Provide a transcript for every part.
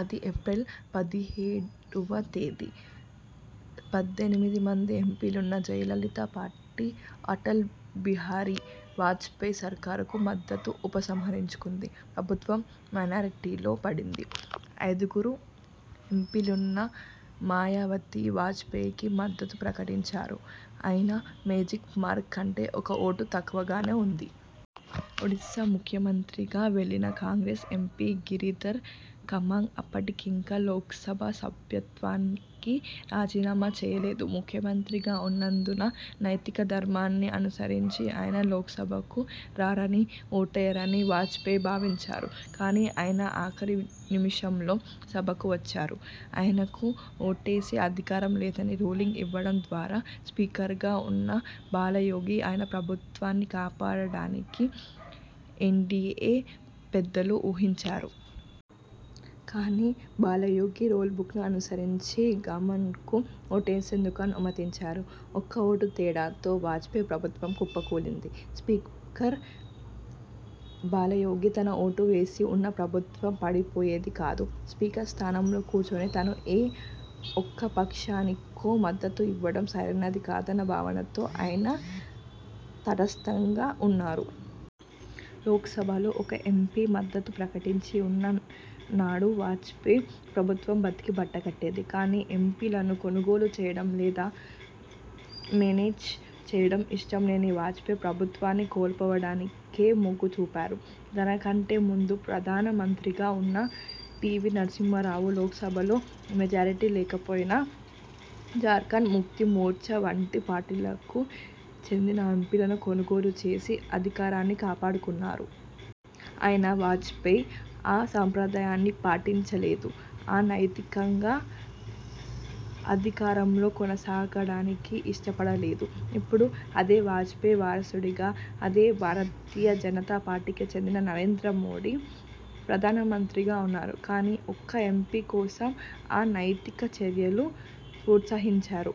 అది ఏప్రిల్ పదిహేడువ తేదీ. పద్దెనిమిది మంది ఎంపీలున్న జయ లలిత పార్టీ అటల్ బిహారీ వాజపేయి సర్కారుకు మద్దతు ఉప సంహరించుకుంది. ప్రభుత్వం మైనారిటీలో పడింది. ఐదుగురు ఎంపీలున్న మాయావతి, వాజపేయికి మద్దతు ప్రకటించారు. అయినా మేజిక్ మార్కు కంటే ఒక ఓటు తక్కువగానే ఉంది. ఒడిసా ముఖ్యమంత్రిగా వెళ్లిన కాంగ్రెస్ ఎంపీ గిరిధర్ గమాంగ్ అప్పటి కింకా లోక్సభ సభ్యత్వానికి రాజీనామా చేయలేదు. ముఖ్యమంత్రిగా ఉన్నందున, నైతిక ధర్మాన్ని అనుసరించి ఆయన లోక్సభకు రారని, ఓటేయరని వాజపేయి భావించారు. కానీ ఆయన ఆఖరి నిముషంలో సభకు వచ్చారు. ఆయనకు ఓటేసే అధికారం లేదని రూలింగ్ ఇవ్వడం ద్వారా స్పీకర్గా ఉన్న బాలయోగి అయినా ప్రభుత్వాన్ని కాపాడడానికి ఎన్డీయే పెద్దలు ఊహించారు. కానీ బాలయోగి రూల్బుక్ను అనుసరించి, గమాంగ్ను ఓటేసేందుకు అనుమతించారు. ఒక్క ఓటు తేడా తో వాజపేయి ప్రభుత్వం కుప్ప కూలింది. స్పీకర్ బాలయోగి తన ఓటు వేసి ఉన్నా ప్రభుత్వం పడిపోయేది కాదు. స్పీకర్ స్థానంలో కూర్చున్న తాను ఏ ఒక్క పక్షానికో మద్దతు ఇవ్వడం సరైనది కాదన్న భావనతో ఆయన తటస్థంగా ఉన్నారు. లోక్సభలో ఒక్క ఎంపీ మద్దతు ప్రకటించి ఉన్నా నాడు వాజపేయి ప్రభుత్వం బతికి బట్టకట్టేది. కానీ ఎంపీ లను కొనుగోలు చేయడం లేదా మేనేజ్ చేయడం ఇష్టం లేని వాజపేయి, ప్రభుత్వాన్ని కోల్పోవడానికే మొగ్గు చూపారు. తనకంటే ముందు ప్రధాన మంత్రిగా ఉన్న పీవీ నరసింహా రావు, లోక్సభలో మెజారిటీ లేకపోయినా, జార్ఖండ్ ముక్తి మోర్చా వంటి పార్టీలకు చెందిన ఎంపీలను కొనుగోలు చేసి అధికారాన్ని కాపాడుకున్నారు. అయినా వాజపేయి ఆ సంప్రదాయాన్ని పాటించ లేదు. అ నైతికంగా అధికారంలో కొనసాగడానికి ఇష్టపడ లేదు. ఇప్పుడు అదే వాజపేయి వారసుడిగా, అదే భారతీయ జనతా పార్టీకి చెందిన నరేంద్ర మోదీ ప్రధాన మంత్రిగా ఉన్నారు. కానీ ఒక్క ఎంపీ కోసం అ నైతిక చర్యలను ప్రోత్సహించారు.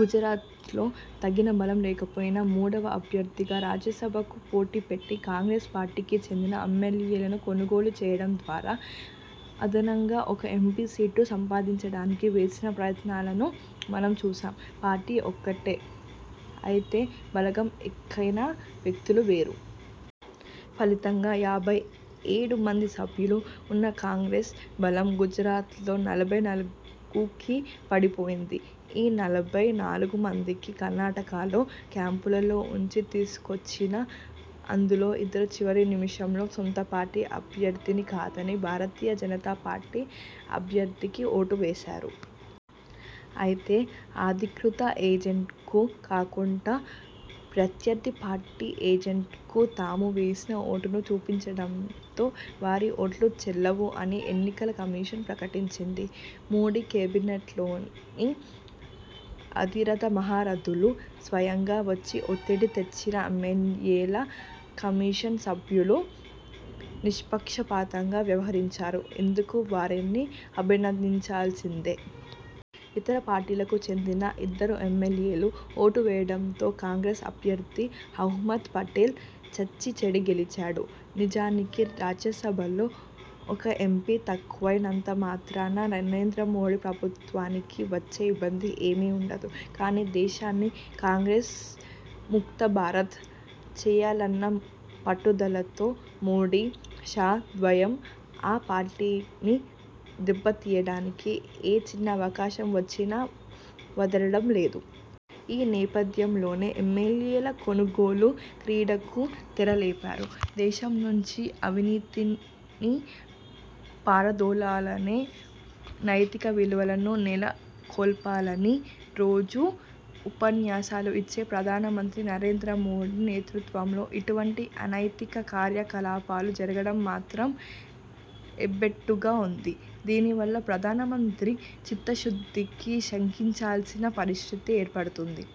గుజరాత్లో తగిన బలం లేకపోయినా మూడవ అభ్యర్థిని రాజ్యసభ కు పోటీ పెట్టి, కాంగ్రెస్ పార్టీకి చెందిన ఎమ్మెల్యేలను కొనుగోలు చేయడం ద్వారా అదనంగా ఒక ఎంపీ సీటు సంపాదించడానికి చేసిన ప్రయత్నాలను మనం చూశాం. పార్టీ ఒక్కటే! అయితే బలగం ఎక్సైనా వ్యక్తులు వేరు! ఫలితంగా యాభై ఏడు మంది సభ్యులు ఉన్న కాంగ్రెస్ బలం గుజరాత్లో నలభై నాలుగుకి పడి పోయింది. ఈ నలభై నాలుగు మందినీ కర్ణాటకలో క్యాంపులో ఉంచి తీసుకొచ్చినా అందులో ఇద్దరు చివరి నిముషంలో సొంత పార్టీ అభ్యర్థిని కాదని భారతీయ జనతా పార్టీ అభ్యర్థికి ఓటు వేశారు. అయితే అధీకృత ఏజెంట్కు కాకుండా ప్రత్యర్థి పార్టీ ఏజెంట్కు తాము వేసిన ఓటును చూపించడంతో వారి ఓట్లు చెల్లవు అని ఎన్నికల కమిషన్ ప్రకటించింది. మోదీ కేబినెట్లోని అతిరథ మహారథులు స్వయంగా వచ్చి ఒత్తిడి తెచ్చినా ఎమ్మెల్యేల కమిషన్ సభ్యులు నిష్పక్షపాతంగా వ్యవహరించారు. ఇందుకు వారిని అభినందించాల్సిందే! ఇతర పార్టీలకు చెందిన ఇద్దరు ఎమ్మెల్యేలు ఓటు వేయడంతో కాంగ్రెస్ అభ్యర్థి అహ్మద్ పటేల్ చచ్చీ చెడీ గెలిచారు. నిజానికి రాజ్యసభలో ఒక ఎంపీ తక్కువై నంత మాత్రాన నరేంద్ర మోదీ ప్రభుత్వానికి వచ్చే ఇబ్బంది ఏమీ ఉండదు. కానీ దేశాన్ని 'కాంగ్రెస్ ముక్త భారత్' చేయాలన్న పట్టుదలతో మోదీ, షా ద్వయం ఆ పార్టీని దెబ్బ తీయడానికి ఏ చిన్న అవకాశం వచ్చినా వదలడం లేదు. ఈ నేపథ్యం లోనే ఎమ్మెల్యేల కొనుగోలు క్రీడకు తెర లేపారు. దేశం నుంచి అవినీతిని పారదోలాలనీ, నైతిక విలువలను నెలకొల్పాలనీ రోజూ ఉపన్యాసాలు ఇచ్చే ప్రధాన మంత్రి నరేంద్ర మోదీ నేతృత్వంలో ఇటు వంటి అనైతిక కార్యకలాపాలు జరగడం మాత్రం ఎబ్బెట్టుగా ఉంది. దీనివల్ల ప్రధాన మంత్రి చిత్త శుద్ధిని శంకించాల్సిన పరిస్థితి ఏర్పడుతుంది.